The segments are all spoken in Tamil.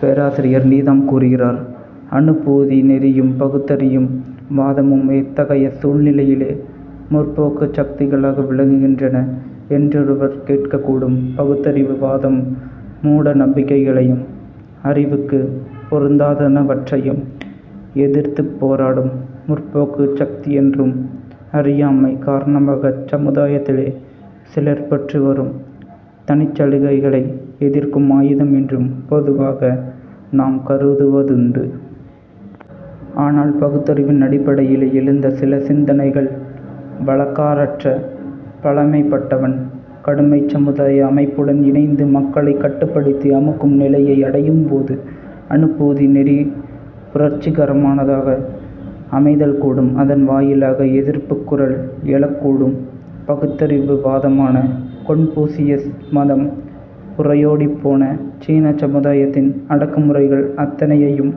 பேராசிரியர் நீதாம் கூறுகிறார்: "அநுபூதி நெறியும் பகுத்தறியும் வாதமும் எத்தகைய சூழ்நிலையிலே முற்போக்குச் சக்திகளாக விளங்குகின்றன என்றொருவர் கேட்கக்கூடும். பகுத்தறிவு வாதம் மூட நம்பிக்கைகளையும் அறிவுக்குப் பொருந்தாதனவற்றையும் எதிர்த்துப் போராடும் முற்போக்குச் சக்தியென்றும், அறியாமை காரணமாகச் சமுதாயத்திலே சிலர் பெற்றுவரும் தனிச் சலுகைகளை எதிர்க்கும் ஆயுதம் என்றும் பொதுவாக நாம் கருதுவதுண்டு. ஆனால், பகுத்தறிவின் அடிப்படையிலே எழுந்த சில சிந்தனைகள் வழக்காறற்ற பழமைப்பட்டவன் கடுமைச் சமுதாய அமைப்புடன் இணைந்து மக்களைக் கட்டுப்படுத்தி அமுக்கும் நிலையை அடையும்போது அநுபூதி நெறி புரட்சிகரமானதாக அமைதல் கூடும். அதன் வாயிலாக எதிர்ப்புக் குரல் எழக்கூடும். " பகுத்தறிவு வாதமான கொன்பூசியஸ் மதம் புரையோடிப்போன சீனச்சமுதாயத்தின் அடக்குமுறைகள் அத்தனையையும்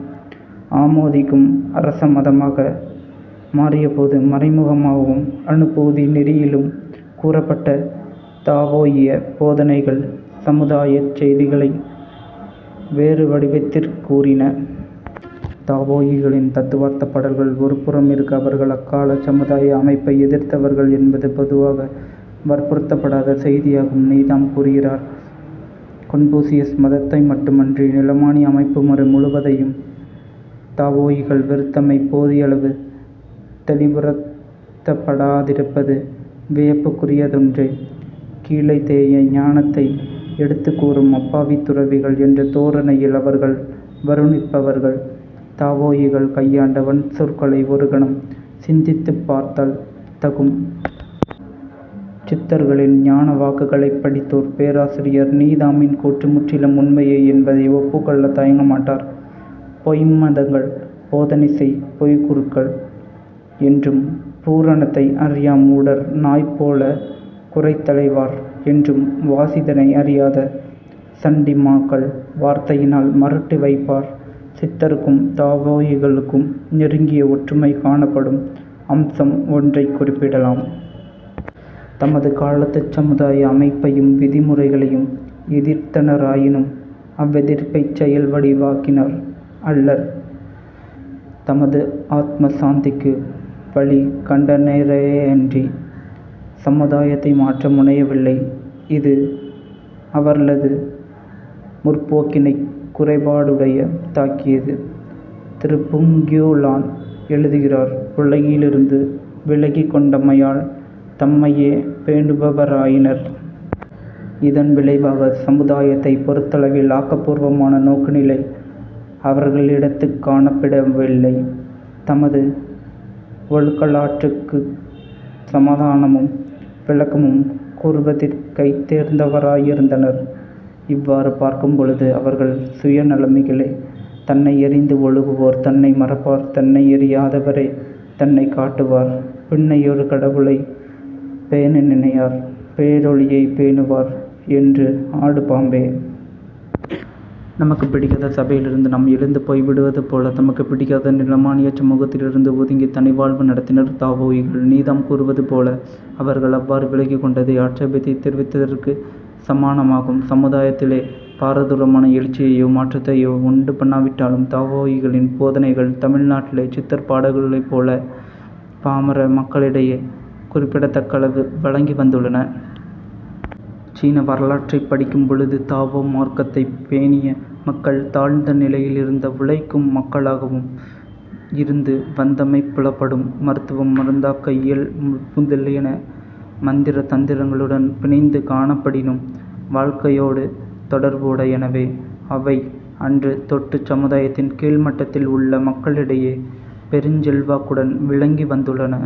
ஆமோதிக்கும் அரச மதமாக மாறியபோது, மறைமுகமாகவும் அநுபூதி நெறியிலும் கூறப்பட்ட தாவோயிய போதனைகள் சமுதாயச் செய்திகளை வேறுவடிவத்திற் கூறின. தாவோயிகளின் தத்துவார்த்தப் பாடல்கள் ஒருபுறமிருக்க, அவர்கள் அக்காலச் சமுதாய அமைப்பை எதிர்த்தவர்கள் என்பது பொதுவாக வற்புறுத்தப்படாத செய்தியாகும். நீதாம் கூறுகிறார்: "கொன்பூசியஸ் மதத்தை மட்டுமன்றி நிலமானிய அமைப்புமுறை முழுவதையும் தாவோயிகள் வெறுத்தமை போதியளவு தௌிவுறத்தப்படாதிருப்பது வியப்புக்குரியதொன்றே. 'கீழைத் தேய ஞானத்தை எடுத்துக் கூறும் அப்பாவித் துறவிகள்' என்ற தோரணையில் அவர்களை வருணிப்பவர்கள், தாவோயிகள் கையாண்ட வன்சொற்களை ஒரு கணம் சிந்தித்துப் பார்த்தல் தகும். " சித்தர்களின் ஞான வாக்குகளைப் படித்தோர் பேராசிரியர் நீதாமின் கூற்று முற்றிலும் உண்மையே என்பதை ஒப்புக்கொள்ளத் தயங்கமாட்டார். "பொய்ம் மதங்கள் போதனைசெய் பொய்க்குருக்கள்" என்றும் "பூரணத்தை அறியா மூடர் நாய்போல குரைத்தலைவார்" என்றும் "வாசிதனை அறியாத சண்டி மாக்கள் வார்த்தையினால் மருட்டி வைப்பார். " சித்தருக்கும் தாவோயிகளுக்கும் நெருங்கிய ஒற்றுமை காணப்படும் அம்சம் ஒன்றைக் குறிப்பிடலாம். தமது காலத்துச் சமுதாய அமைப்பையும் விதிமுறைகளையும் எதிர்த்தனராயினும், அவ்வெதிர்ப்பைச் செயல் வடிவாக்கினார் அல்லர். தமது ஆத்ம சாந்திக்கு வழி கண்டனரேயன்றிச் சமுதாயத்தை மாற்ற முனையவில்லை. இது அவர்ளது முற்போக்கினைக் குறைபாடுடைய தாக்கியது. திரு. ஃபுங் யூ-லான் எழுதுகிறார்: "உலகிலிருந்து விலகிக் கொண்டமையால் தம்மையே பேணுபவ ராயினர். இதன் விளைவாகச் சமுதாயத்தைப் பொறுத்தளவில் ஆக்கப்பூர்வமான நோக்குநிலை அவர்களிடத்துக் காணப்படவில்லை. தமது ஒழுக்கலாற்றுக்குச் சமாதானமும் விளக்கமும் கூறுவதிற் கைதேர்ந்தவராயிருந்தனர். இவ்வாறு பார்க்கும்பொழுது அவர்கள் சுயநலமிகளே. " "தன்னையறிந்து ஒழுகுவோர் தன்னை மறைப்பார் தன்னையறி யாதவரே தன்னைக் காட்டுவார் பின்னையொரு கடவுளைப் பேண நினையார் பேரொளியைப் பேணுவார் என்று ஆடு பாம்பே! " நமக்குப் பிடிக்காத சபையிலிருந்து நாம் எழுந்து போய்விடுவது போல, தமக்குப் பிடிக்காத நிலமானியச் சமூகத்திலிருந்து ஒதுங்கித் தனிவாழ்வு நடத்தினர் தாவோயிகள். நீதாம் கூறுவது போல, "அவர்கள் அவ்வாறு விலகிக் கொண்டதே ஆட்சேபத்தைத் தெரிவித்ததற்குச் சமானமாகும். " சமுதாயத்திலே பாரதூரமான எழுச்சியையோ மாற்றத்தையோ உண்டுபண்ணாவிட்டாலும், தாவோயிகளின் போதனைகள் தமிழ் நாட்டிலே சித்தர் பாடல்களைப் போல பாமர மக்களிடையே குறிப்பிடத்தக்களவு வழங்கி வந்துள்ளன. சீன வரலாற்றைப் படிக்கும் பொழுது, தாவோ மார்க்கத்தைப் பேணிய மக்கள் தாழ்ந்த நிலையிலிருந்த உழைக்கும் மக்களாகவும் இருந்து வந்தமை புலப்படும். மருத்துவம், மருந்தாக்க இயல் முதலியன மந்திர தந்திரங்களுடன் பிணைந்து காணப்படினும், வாழ்க்கையோடு தொடர்பு உடையனவே. அவை அன்று தொட்டுச் சமுதாயத்தின் கீழ்மட்டத்தில் உள்ள மக்களிடையே பெருஞ் செல்வாக்குடன் விளங்கி வந்துள்ளன.